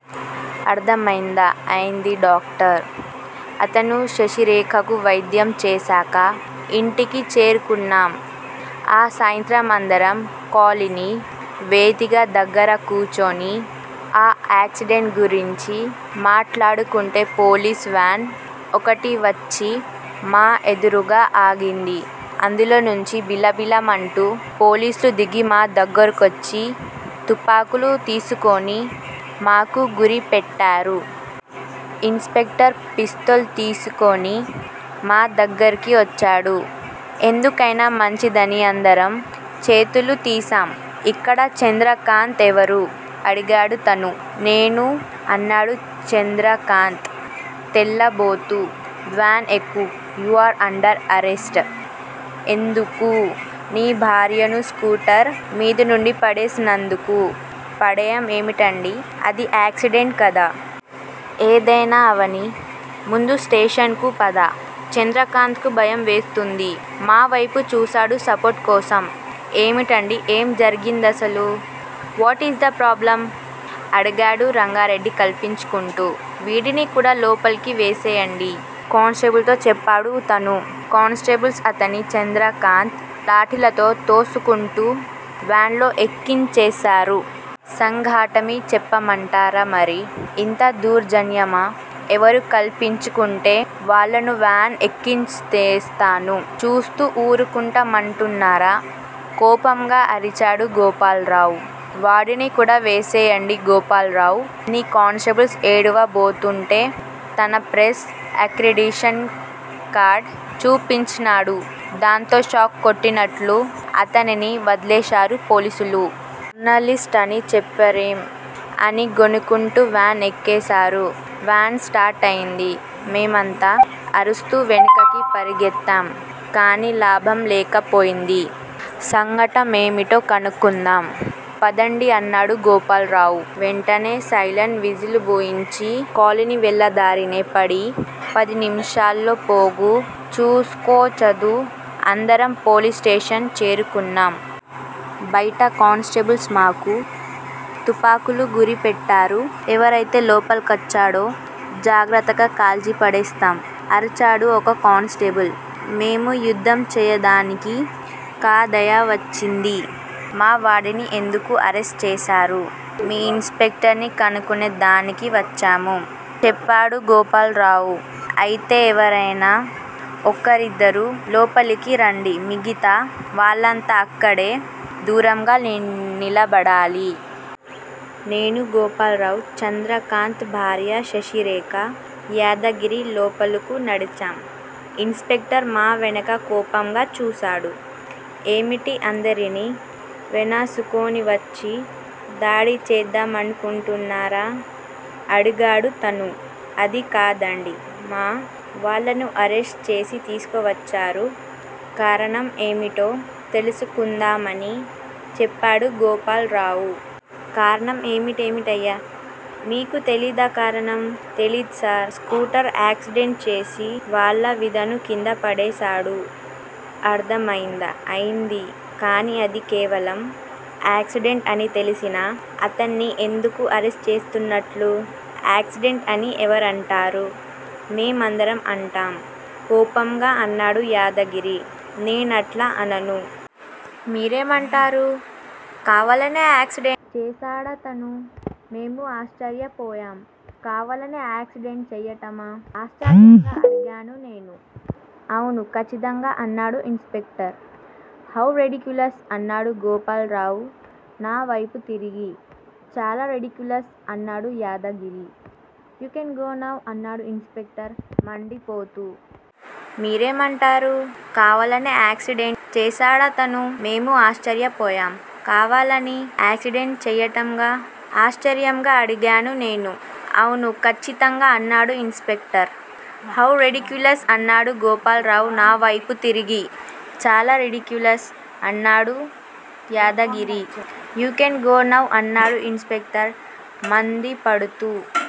అర్ధమయిందా? అయింది డాక్టర్! అతను శశిరేఖకు వైద్యం చేశాక ఇంటికి చేరుకున్నాం. ఆ సాయంత్రం అందరం కాలనీ వేదిక దగ్గర కూర్చుని ఆ యాక్సిడెంట్ గురించి మాట్లాడుకుంటుంటే పోలీస్ వాన్ ఒకటి వచ్చి మా ఎదురుగ్గా ఆగింది. అందులో నుంచి బిలబిలమంటూ పోలీసులు దిగి మా దగ్గరకొచ్చి తుపాకులు తీసుకుని మాకు గురిపెట్టారు. ఇన్ స్పెక్టర్ పిస్టల్ తీసుకుని మా దగ్గరకొచ్చాడు. ఎందుకైనా మంచిదని అందరం చేతులెత్తేశాం. ఇక్కడ చంద్రకాంత్ ఎవరు? అడిగాడతను. నేను అన్నాడు చంద్రకాంత్ తెల్లబోతూ. వాన్ ఎక్కు! You are under arrest. ఎందుకూ? నీ భార్యను స్కూటర్ మీద నుండి పడేసినందుకు? పడేయమేంటండీ? అది యాక్సిడెంట్ కదా? ఏదైనా అవనీ. ముందు స్టేషన్ కు పద. చంద్రకాంత్ కు భయం వేసినట్లుంది. మావైపు చూశాడు సపోర్టు కోసం. ఏమిటండీ? ఏం జరిగిందసలు? వాటీజ్ ది ప్రాబ్లమ్ అడిగాడు రంగారెడ్డి కల్పించుకుంటూ. వీడ్ని కూడా లోపల వేసేయండి కానిస్టేబుల్స్ తో చెప్పాడతను. కానిస్టేబుల్స్ అతన్నీ, చంద్రకాంత్ నీ లాఠీలతో తోసుకుంటూ వాన్ లో ఎక్కించేశారు. సంగతేమిటి చెప్పమంటే మరీ ఇంత దౌర్జన్యమా? ఎవరు కల్పించుకుంటే వాళ్ళను వాన్ ఎక్కించేస్తుంటే చూస్తూ ఊరుకుంటామనుకున్నారా? కోపంగా అరిచాడు గోపాల్రావ్. వాడిని కూడా వేసెయ్యండి గోపాల్రావ్ ని కానిస్టేబుల్స్ ఈడ్వబోతుంటే తన ప్రెస్ ఎక్రిడిషన్ కార్డ్ చూపించాడు. దాంతో షాక్ కొట్టినట్లు అతనిని వదిలేశారు పోలీసులు. జర్నలిస్ట్ అని చెప్పరేం? అని గొణుక్కుంటూ వాన్ ఎక్కేశారు. వాన్ స్టార్టయింది. మేమంతా అరుస్తూ వెనుక పరుగెత్తాం కానీ లాభం లేకపోయింది. సంగతేమిటో కనుక్కుందాం పదండి అన్నాడు గోపాల్రావ్. వెంటనే శాయిరామ్ విజృంభించి కాలనీ వాళ్ళందరినీ పది నిముషాల్లో పోగు చేసుకొచ్చాడు. అందరం పోలీస్ స్టేషన్ చేరుకున్నాం. బయటే కానిస్టేబుల్స్ మాకు తుపాకులు గురిపెట్టారు. ఎవడైతే లోపలికొచ్చాడో జాగ్రత్థ కాల్చిపారేస్తాం అరిచాడు ఒక కానిస్టేబుల్. మేము యుద్ధం చెయ్యడానికి కాదయ్యా వచ్చింది. మావాడిని ఎందుకరెస్ట్ చేశారో మీ ఇన్ స్పెక్టర్ ని కనుక్కోడానికొచ్చాము చెప్పాడు గోపాల్రావ్. అయితే ఎవరైనా ఒకరిద్దరు లోపలకు రండి. మిగతా వాళ్ళంతా అక్కడే దూరంగా నిలబడాలి. నేనూ, గోపాల్రావ్, చంద్రకాంత్ భార్య శశిరేఖ, యాదగిరి లోపలకు నడిచాం. ఇన్ స్పెక్టర్ మావంక కోపంగా చూశాడు. ఏమిటి, అందరినీ వేనకేసుకుని వచ్చి దాడి చేద్దామనుకుంటున్నారా? అడిగాడతను. అది కాదండి. మా వాళ్ళను అరెస్ట్ చేసి తీసుకొచ్చారు. కారణం ఏమిటో తెలుసు కుందామని చెప్పాడు గోపాల్రావ్. కారణం ఏమిటేమిటయ్యా! మీకు తెలీదా కారణం? తెలీద్సార్! స్కూటర్ యాక్సిడెంట్ చేసి వాళ్ళావిడను కింద పడేశాడు. అర్ధమైందా. అయింది గాని అది కేవలం యాక్సిడెంట్ అని తెలిసినా అతన్నెందుకు అరెస్ట్ చేసినట్లు? యాక్సిడెంట్ అని ఎవరంటారు? మేమందరం అంటాం కోపంగా అన్నాడు యాదగిరి. నేనట్లా అనను. మీరేమంటారు? కావాలనే యాక్సిడెంట్ చేశాడంటాను మేము ఆశ్చర్యపోయాం. కావాలనే యాక్సిడెంట్ చేయటమా? ఆశ్చర్యంగా అడిగాను నేను. అవను ఖండితంగా అన్నాడు ఇన్ స్పెక్టర్. How ridiculous? అన్నాడు గోపాల్రావ్ నావేపు తిరిగి. చాలా రిడిక్యులస్? అన్నాడు Yadagiri. You can go now అన్నాడు ఇన్ స్పెక్టర్ మండిపడుతూ. చూడండి ఇన్ స్పెక్టర్ గారూ! కావాలని సొంత భార్యను ఎవడైనా యాక్సిడెంట్ చేసి కిందపడేస్తాడా అడిగాడు గోపాల్రావ్. అందరం నవ్వాం. తప్పకుండా పడేస్తాడు అన్నాడు ఇన్ స్పెక్టర్. ఎందుకు పడేస్తాడండీ? అలా లాజిక్ లేకుండా మాట్లాడతారేం? నేనడిగాను ఉక్రోషంగా. లాజిక్ ఎందుకు లేదు? చాలా వుంది.